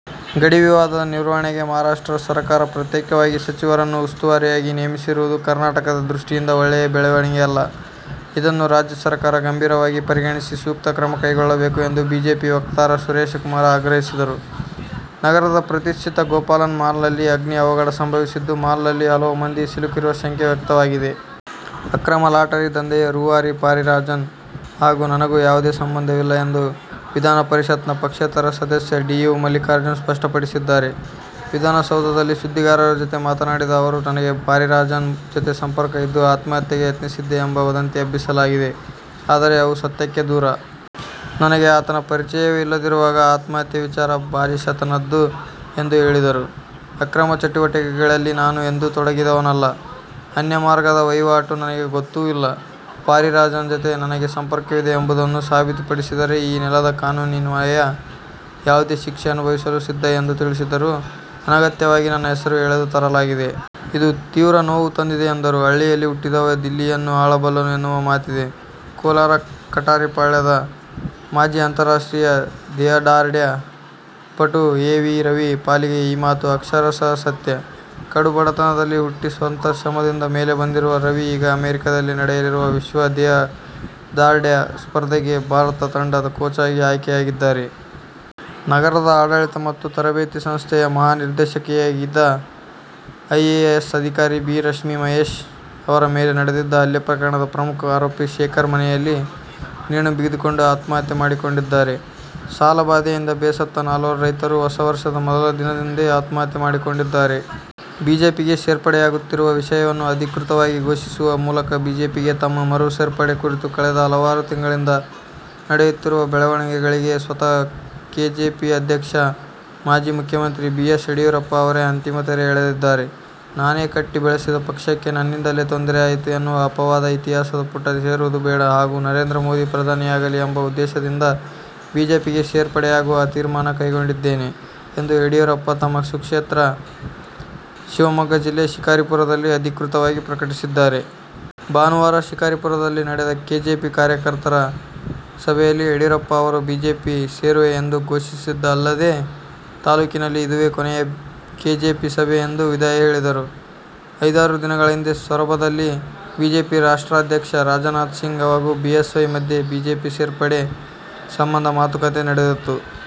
ಗಡಿ ವಿವಾದದ ನಿರ್ವಹಣೆಗೆ ಮಹಾರಾಷ್ಟ್ರ ಸರಕಾರ ಪ್ರತ್ಯೇಕವಾಗಿ ಸಚಿವರನ್ನು ಉಸ್ತುವಾರಿಯಾಗಿ ನೇಮಿಸಿರುವುದು ಕರ್ನಾಟಕದ ದೃಷ್ಟಿಯಿಂದ ಒಳ್ಳೆಯ ಬೆಳವಣಿಗೆಯಲ್ಲ. ಇದನ್ನು ರಾಜ್ಯ ಸರಕಾರ ಗಂಭೀರವಾಗಿ ಪರಿಗಣಿಸಿ ಸೂಕ್ತ ಕ್ರಮ ಕೈಗೊಳ್ಳಬೇಕು ಎಂದು ಬಿಜೆಪಿ ವಕ್ತಾರ ಸುರೇಶಕುಮಾರ ಆಗ್ರಹಿಸಿದರು. ನಗರದ ಪ್ರತಿಷ್ಠಿತ ಗೋಪಾಲನ್ ಮಾಲ್ನಲ್ಲಿ ಅಗ್ನಿ ಅವಘಡ ಸಂಭವಿಸಿದ್ದು, ಮಾಲ್ನಲ್ಲಿ ಹಲವು ಮಂದಿ ಸಿಲುಕಿರುವ ಶಂಕೆ ವ್ಯಕ್ತವಾಗಿದೆ. ಅಕ್ರಮ ಲಾಟರಿ ದಂಧೆಯ ರೂವಾರಿ ಪಾರಿರಾಜನ್ ಹಾಗೂ ನನಗೂ ಯಾವುದೇ ಸಂಬಂಧವಿಲ್ಲ ಎಂದು ವಿಧಾನಪರಿಷತ್ನ ಪಕ್ಷೇತರ ಸದಸ್ಯ ಡಿ. ಯು. ಮಲ್ಲಿಕಾರ್ಜುನ್ ಸ್ಪಷ್ಟಪಡಿಸಿದ್ದಾರೆ. ವಿಧಾನಸೌಧದಲ್ಲಿ ಸುದ್ದಿಗಾರರ ಜತೆ ಮಾತನಾಡಿದ ಅವರು, ನನಗೆ ಪಾರಿರಾಜನ್ ಜತೆ ಸಂಪರ್ಕ ಇದ್ದು ಆತ್ಮಹತ್ಯೆಗೆ ಯತ್ನಿಸಿದ್ದೆ ಎಂಬ ವದಂತಿ ಹಬ್ಬಿಸಲಾಗಿದೆ. ಆದರೆ, ಅವು ಸತ್ಯಕ್ಕೆ ದೂರ. ನನಗೆ ಆತನ ಪರಿಚಯವೇ ಇಲ್ಲದಿರುವಾಗ ಆತ್ಮಹತ್ಯೆ ವಿಚಾರ ಬಾಲಿಶತನದ್ದು ಎಂದು ಹೇಳಿದರು. ಅಕ್ರಮ ಚಟುವಟಿಕೆಗಳಲ್ಲಿ ನಾನು ಎಂದೂ ತೊಡಗಿದವನಲ್ಲ. ಅನ್ಯ ಮಾರ್ಗದ ವಹಿವಾಟು ನನಗೆ ಗೊತ್ತೂ ಇಲ್ಲ. ಪಾರಿರಾಜನ್ ಜತೆ ನನಗೆ ಸಂಪರ್ಕವಿದೆ ಎಂಬುದನ್ನು ಸಾಬೀತುಪಡಿಸಿದರೆ ಈ ನೆಲದ ಕಾನೂನಿನನ್ವಯ ಯಾವುದೇ ಶಿಕ್ಷೆ ಅನುಭವಿಸಲು ಸಿದ್ಧ ಎಂದು ತಿಳಿಸಿದರು ಅನಗತ್ಯವಾಗಿ ನನ್ನ ಹೆಸರು ಎಳೆದು ತರಲಾಗಿದೆ. ಇದು ತೀವ್ರ ನೋವು ತಂದಿದೆ ಎಂದರು. ಹಳ್ಳಿಯಲ್ಲಿ ಹುಟ್ಟಿದವ ದಿಲ್ಲಿಯನ್ನೂ ಆಳಬಲ್ಲನು ಎನ್ನುವ ಮಾತಿದೆ. ಕೋಲಾರ ಕಠಾರಿಪಾಳ್ಯದ ಮಾಜಿ ಅಂತಾರಾಷ್ಟ್ರೀಯ ದೇಹದಾರ್ಢ್ಯ ಪಟು ಎ. ವಿ. ರವಿ ಪಾಲಿಗೆ ಈ ಮಾತು ಅಕ್ಷರಶಃ ಸತ್ಯ. ಕಡುಬಡತನದಲ್ಲಿ ಹುಟ್ಟಿ ಸ್ವಂತ ಶ್ರಮದಿಂದ ಮೇಲೆ ಬಂದಿರುವ ರವಿ ಈಗ ಅಮೆರಿಕದಲ್ಲಿ ನಡೆಯಲಿರುವ ವಿಶ್ವ ದೇಹದಾರ್ಢ್ಯ ಸ್ಪರ್ಧೆಗೆ ಭಾರತ ತಂಡದ ಕೋಚ್ ಆಗಿ ಆಯ್ಕೆಯಾಗಿದ್ದಾರೆ. ನಗರದ ಆಡಳಿತ ಮತ್ತು ತರಬೇತಿ ಸಂಸ್ಥೆಯ ಮಹಾನಿರ್ದೇಶಕಿಯಾಗಿದ್ದ ಐಎಎಸ್ಅಧಿಕಾರಿ ವಿ. ರಶ್ಮಿ ಮಹೇಶ್ ಅವರ ಮೇಲೆ ನಡೆದಿದ್ದ ಹಲ್ಲೆ ಪ್ರಕರಣದ ಪ್ರಮುಖ ಆರೋಪಿ ಶೇಖರ್ ಮನೆಯಲ್ಲಿ ನೇಣು ಬಿಗಿದುಕೊಂಡು ಆತ್ಮಹತ್ಯೆ ಮಾಡಿಕೊಂಡಿದ್ದಾರೆ. ಸಾಲಬಾಧೆಯಿಂದ ಬೇಸತ್ತ ನಾಲ್ವರು ರೈತರು ಹೊಸ ವರ್ಷದ ಮೊದಲ ದಿನದಂದೇ ಆತ್ಮಹತ್ಯೆ ಮಾಡಿಕೊಂಡಿದ್ದಾರೆ. ಬಿಜೆಪಿಗೆ ಸೇರ್ಪಡೆಯಾಗುತ್ತಿರುವ ವಿಷಯವನ್ನು ಅಧಿಕೃತವಾಗಿ ಘೋಷಿಸುವ ಮೂಲಕ ಬಿಜೆಪಿಗೆ ತಮ್ಮ ಮರು ಸೇರ್ಪಡೆ ಕುರಿತು ಕಳೆದ ಹಲವಾರು ತಿಂಗಳಿಂದ ನಡೆಯುತ್ತಿರುವ ಬೆಳವಣಿಗೆಗಳಿಗೆ ಸ್ವತಃ ಕೆಜೆಪಿ ಅಧ್ಯಕ್ಷ, ಮಾಜಿ ಮುಖ್ಯಮಂತ್ರಿ ಬಿ. ಎಸ್. ಯಡಿಯೂರಪ್ಪ ಅವರೇ ಅಂತಿಮ ತೆರೆ ಎಳೆದಿದ್ದಾರೆ. ''''''ನಾನೇ ಕಟ್ಟಿ ಬೆಳೆಸಿದ ಪಕ್ಷಕ್ಕೆ ನನ್ನಿಂದಲೇ ತೊಂದರೆ ಆಯಿತು ಎನ್ನುವ ಅಪವಾದ ಇತಿಹಾಸದ ಪುಟ ಸೇರುವುದು ಬೇಡ ಹಾಗೂ ನರೇಂದ್ರ ಮೋದಿ ಪ್ರಧಾನಿಯಾಗಲಿ ಎಂಬ ಉದ್ದೇಶದಿಂದ ಬಿಜೆಪಿಗೆ ಸೇರ್ಪಡೆಯಾಗುವ ತೀರ್ಮಾನ ಕೈಗೊಂಡಿದ್ದೇನೆ'' ಎಂದು ಯಡಿಯೂರಪ್ಪ ತಮ್ಮ ಸ್ವಕ್ಷೇತ್ರ ಶಿವಮೊಗ್ಗ ಜಿಲ್ಲೆ ಶಿಕಾರಿಪುರದಲ್ಲಿ ಅಧಿಕೃತವಾಗಿ ಪ್ರಕಟಿಸಿದ್ದಾರೆ. ಭಾನುವಾರ ಶಿಕಾರಿಪುರದಲ್ಲಿ ನಡೆದ ಕೆಜೆಪಿ ಕಾರ್ಯಕರ್ತರ ಸಭೆಯಲ್ಲಿ ಯಡಿಯೂರಪ್ಪ ಅವರು ಬಿಜೆಪಿ ಸೇರುವೆ ಎಂದು ಘೋಷಿಸಿದ್ದಲ್ಲದೇ ತಾಲೂಕಿನಲ್ಲಿ ಇದುವೇ ಕೊನೆಯ ಕೆಜೆಪಿ ಸಭೆ ಎಂದು ವಿದಾಯ ಹೇಳಿದರು. ಐದಾರು ದಿನಗಳ ಹಿಂದೆ ಸೊರಬದಲ್ಲಿ ಬಿಜೆಪಿ ರಾಷ್ಟ್ರಾಧ್ಯಕ್ಷ ರಾಜನಾಥ ಸಿಂಗ್ ಹಾಗೂ ಬಿಎಸ್ವೈ ಮಧ್ಯೆ ಬಿಜೆಪಿ ಸೇರ್ಪಡೆ ಸಂಬಂಧ ಮಾತುಕತೆ ನಡೆದಿತ್ತು.